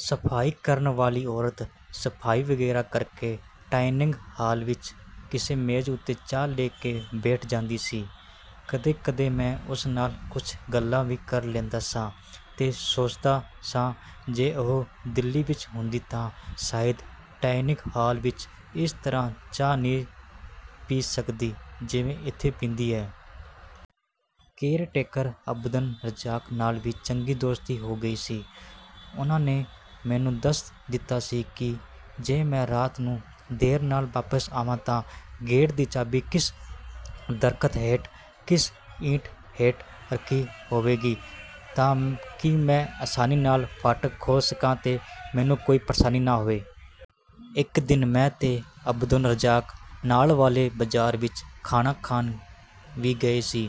ਸਫ਼ਾਈ ਕਰਨ ਵਾਲੀ ਔਰਤ ਸਫ਼ਾਈ ਵਗੈਰਾ ਕਰਕੇ ਡਾਇਨਿੰਗ ਹਾਲ ਵਿਚ ਕਿਸੇ ਮੇਜ਼ ਉੱਤੇ ਚਾਹ ਲੈ ਕੇ ਬੈਠ ਜਾਂਦੀ ਸੀ। ਕਦੇ-ਕਦੇ ਮੈਂ ਉਸ ਨਾਲ ਕੁਝ ਗੱਲਾਂ ਵੀ ਕਰ ਲੈਂਦਾ ਸਾਂ ਤੇ ਸੋਚਦਾ ਸਾਂ, ਜੇ ਉਹ ਦਿੱਲੀ ਵਿਚ ਹੁੰਦੀ ਤਾਂ ਸ਼ਾਇਦ ਡਾਇਨਿੰਗ ਹਾਲ ਵਿਚ ਇਸ ਤਰ੍ਹਾਂ ਚਾਹ ਨਹੀਂ ਸੀ ਪੀ ਸਕਦੀ, ਜਿਵੇਂ ਇੱਥੇ ਪੀਂਦੀ ਹੈ। ਕੇਅਰਟੇਕਰ ਅਬਦਨ ਰੱਜ਼ਾਕ ਨਾਲ ਵੀ ਚੰਗੀ ਦੋਸਤੀ ਹੋ ਗਈ ਸੀ। ਉਹਨਾਂ ਨੇ ਮੈਨੂੰ ਦੱਸ ਦਿੱਤਾ ਸੀ ਕਿ ਜੇ ਮੈਂ ਰਾਤ ਨੂੰ ਦੇਰ ਨਾਲ ਵਾਪਸ ਆਵਾਂ ਤਾਂ ਗੇਟ ਦੀ ਚਾਬੀ ਕਿਸ ਦਰਖ਼ਤ ਹੇਠ, ਕਿਸ ਇੱਟ ਹੇਠ ਰੱਖੀ ਹੋਵੇਗੀ, ਤਾਂ ਕਿ ਮੈਂ ਆਸਾਨੀ ਨਾਲ ਫਾਟਕ ਖੋਲ੍ਹ ਸਕਾਂ ਤੇ ਮੈਨੂੰ ਕੋਈ ਪ੍ਰੇਸ਼ਾਨੀ ਨਾ ਹੋਵੇ। ਇਕ ਦਿਨ ਮੈਂ ਤੇ ਅਬਦੁਨ ਰੱਜ਼ਾਕ ਨਾਲ ਵਾਲੇ ਬਾਜ਼ਾਰ ਵਿਚ ਖਾਣਾ ਖਾਣ ਵੀ ਗਏ ਸੀ।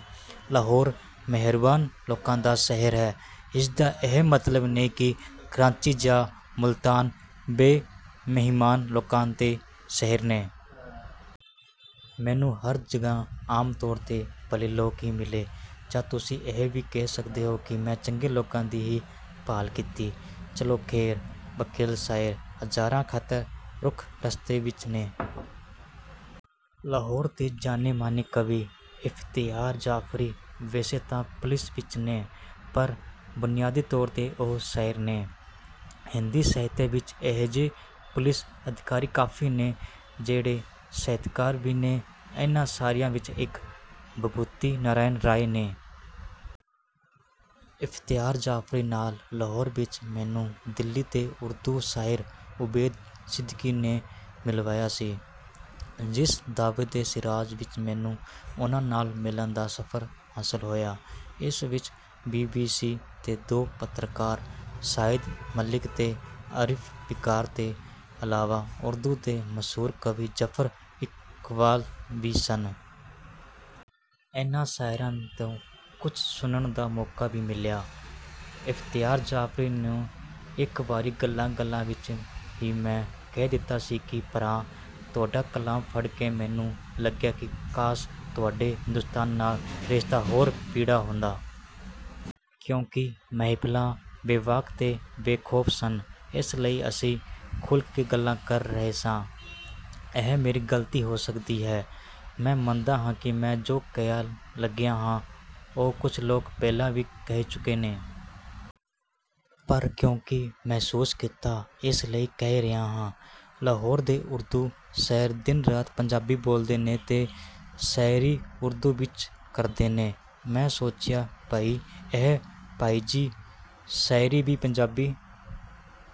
ਲਾਹੌਰ ਮਿਹਰਬਾਨ ਲੋਕਾਂ ਦਾ ਸ਼ਹਿਰ ਹੈ, ਇਸਦਾ ਇਹ ਮਤਲਬ ਨਹੀਂ ਕਿ ਕਰਾਚੀ ਜਾਂ ਮੁਲਤਾਨ ਬੇਮਿਹਮਾਨ ਲੋਕਾਂ ਦੇ ਸ਼ਹਿਰ ਨੇ। ਮੈਨੂੰ ਹਰ ਜਗ੍ਹਾ ਆਮ ਤੌਰ 'ਤੇ ਭਲੇ ਲੋਕ ਹੀ ਮਿਲੇ। ਜਾਂ ਤੁਸੀਂ ਇਹ ਵੀ ਕਹਿ ਸਕਦੇ ਹੋ ਕਿ ਮੈਂ ਚੰਗੇ ਲੋਕਾਂ ਦੀ ਹੀ ਭਾਲ ਕੀਤੀ। ਚਲੋ ਖ਼ੈਰ, ਬਕੈਲ ਸ਼ਾਇਰ, "ਹਜ਼ਾਰਾਂ ਛਾਂਦਾਰ ਰੁੱਖ ਰਸਤੇ ਵਿਚ ਨੇ।" ਲਾਹੌਰ ਦੇ ਜਾਣੇ-ਮਾਣੇ ਕਵੀ ਇਫ਼ਤਿਖਾਰ ਜਾਫ਼ਰੀ ਵੈਸੇ ਤਾਂ ਪੁਲਿਸ ਵਿਚ ਨੇ, ਪਰ ਬੁਨਿਆਦੀ ਤੌਰ 'ਤੇ ਉਹ ਸ਼ਾਇਰ ਨੇ। ਹਿੰਦੀ ਸਾਹਿਤ ਵਿਚ ਅਜਿਹੇ ਪੁਲਿਸ ਅਧਿਕਾਰੀ ਕਾਫ਼ੀ ਨੇ, ਜਿਹੜੇ ਸਾਹਿਤਕਾਰ ਵੀ ਨੇ। ਇਹਨਾਂ ਸਾਰਿਆਂ ਵਿਚੋਂ ਇਕ ਵਿਭੂਤਿ ਨਾਰਾਇਣ ਰਾਏ ਨੇ। ਇਫ਼ਤਿਖਾਰ ਜਾਫ਼ਰੀ ਨਾਲ ਲਾਹੌਰ ਵਿਚ ਮੈਨੂੰ ਦਿੱਲੀ ਦੇ ਉਰਦੂ ਸ਼ਾਇਰ ਓਬੈਦ ਸਿੱਦੀਕੀ ਨੇ ਮਿਲਵਾਇਆ ਸੀ। ਜਿਸ ਦਾਵਤ-ਏ-ਸ਼ੀਰਾਜ਼ ਵਿਚ ਮੈਨੂੰ ਉਹਨਾਂ ਨਾਲ ਮਿਲਣ ਦਾ ਸ਼ਫ਼ਰ ਹਾਸਲ ਹੋਇਆ, ਉਸ ਵਿਚ ਬੀ. ਬੀ. ਸੀ. ਦੇ ਦੋ ਪੱਤਰਕਾਰ ਸ਼ਾਹਿਦ ਮਲਿਕ ਤੇ ਆਰਿਫ਼ ਵਿਕਾਰ ਦੇ ਇਲਾਵਾ ਉਰਦੂ ਦੇ ਮਸ਼ਹੂਰ ਕਵੀ ਜ਼ਫ਼ਰ ਇਕਬਾਲ ਵੀ ਸਨ। ਇਹਨਾਂ ਸ਼ਾਇਰਾਂ ਤੋਂ ਕੁਝ ਸੁਣਨ ਦਾ ਮੌਕਾ ਵੀ ਮਿਲਿਆ। ਇਫ਼ਤਿਖਾਰ ਜਾਫ਼ਰੀ ਨੂੰ ਇਕ ਵਾਰੀ ਗੱਲਾਂ-ਗੱਲਾਂ ਵਿਚ ਹੀ ਮੈਂ ਕਹਿ ਦਿੱਤਾ ਸੀ ਕਿ, "ਭਰਾ, ਤੁਹਾਡਾ ਕਲਾਮ ਪੜ੍ਹ ਕੇ ਮੈਨੂੰ ਲੱਗਿਆ ਕਿ ਕਾਸ਼ ਤੁਹਾਡਾ ਹਿੰਦੁਸਤਾਨ ਨਾਲ ਰਿਸ਼ਤਾ ਹੋਰ ਪੀੜ੍ਹਾ ਹੁੰਦਾ।" ਕਿਉਂਕਿ ਮਹਿਫ਼ਲਾਂ ਬੇਬਾਕ ਤੇ ਬੇਖ਼ੌਫ਼ ਸਨ, ਇਸ ਲਈ ਅਸੀਂ ਖੁੱਲ੍ਹ ਕੇ ਗੱਲਾਂ ਕਰ ਰਹੇ ਸਾਂ। ਇਹ ਮੇਰੀ ਗ਼ਲਤੀ ਹੋ ਸਕਦੀ ਹੈ। ਮੈਂ ਮੰਨਦਾ ਹਾਂ ਕਿ ਮੈਂ ਜੋ ਕਹਿਣ ਲੱਗਿਆ ਹਾਂ, ਉਹ ਕੁਝ ਲੋਕ ਪਹਿਲਾਂ ਵੀ ਕਹਿ ਚੁੱਕੇ ਨੇ। ਪਰ ਕਿਉਂਕਿ ਮਹਿਸੂਸ ਕੀਤਾ, ਇਸ ਲਈ ਕਹਿ ਰਿਹਾ ਹਾਂ। ਲਾਹੌਰ ਦੇ ਉਰਦੂ ਸ਼ਾਇਰ ਦਿਨ-ਰਾਤ ਪੰਜਾਬੀ ਬੋਲਦੇ ਨੇ ਤੇ ਸ਼ਾਇਰੀ ਉਰਦੂ ਵਿਚ ਕਰਦੇ ਨੇ। ਮੈਂ ਸੋਚਿਆ, "ਬਈ, ਇਹ ਬਾਈ-ਜੀ, ਸ਼ਾਇਰੀ ਵੀ ਪੰਜਾਬੀ...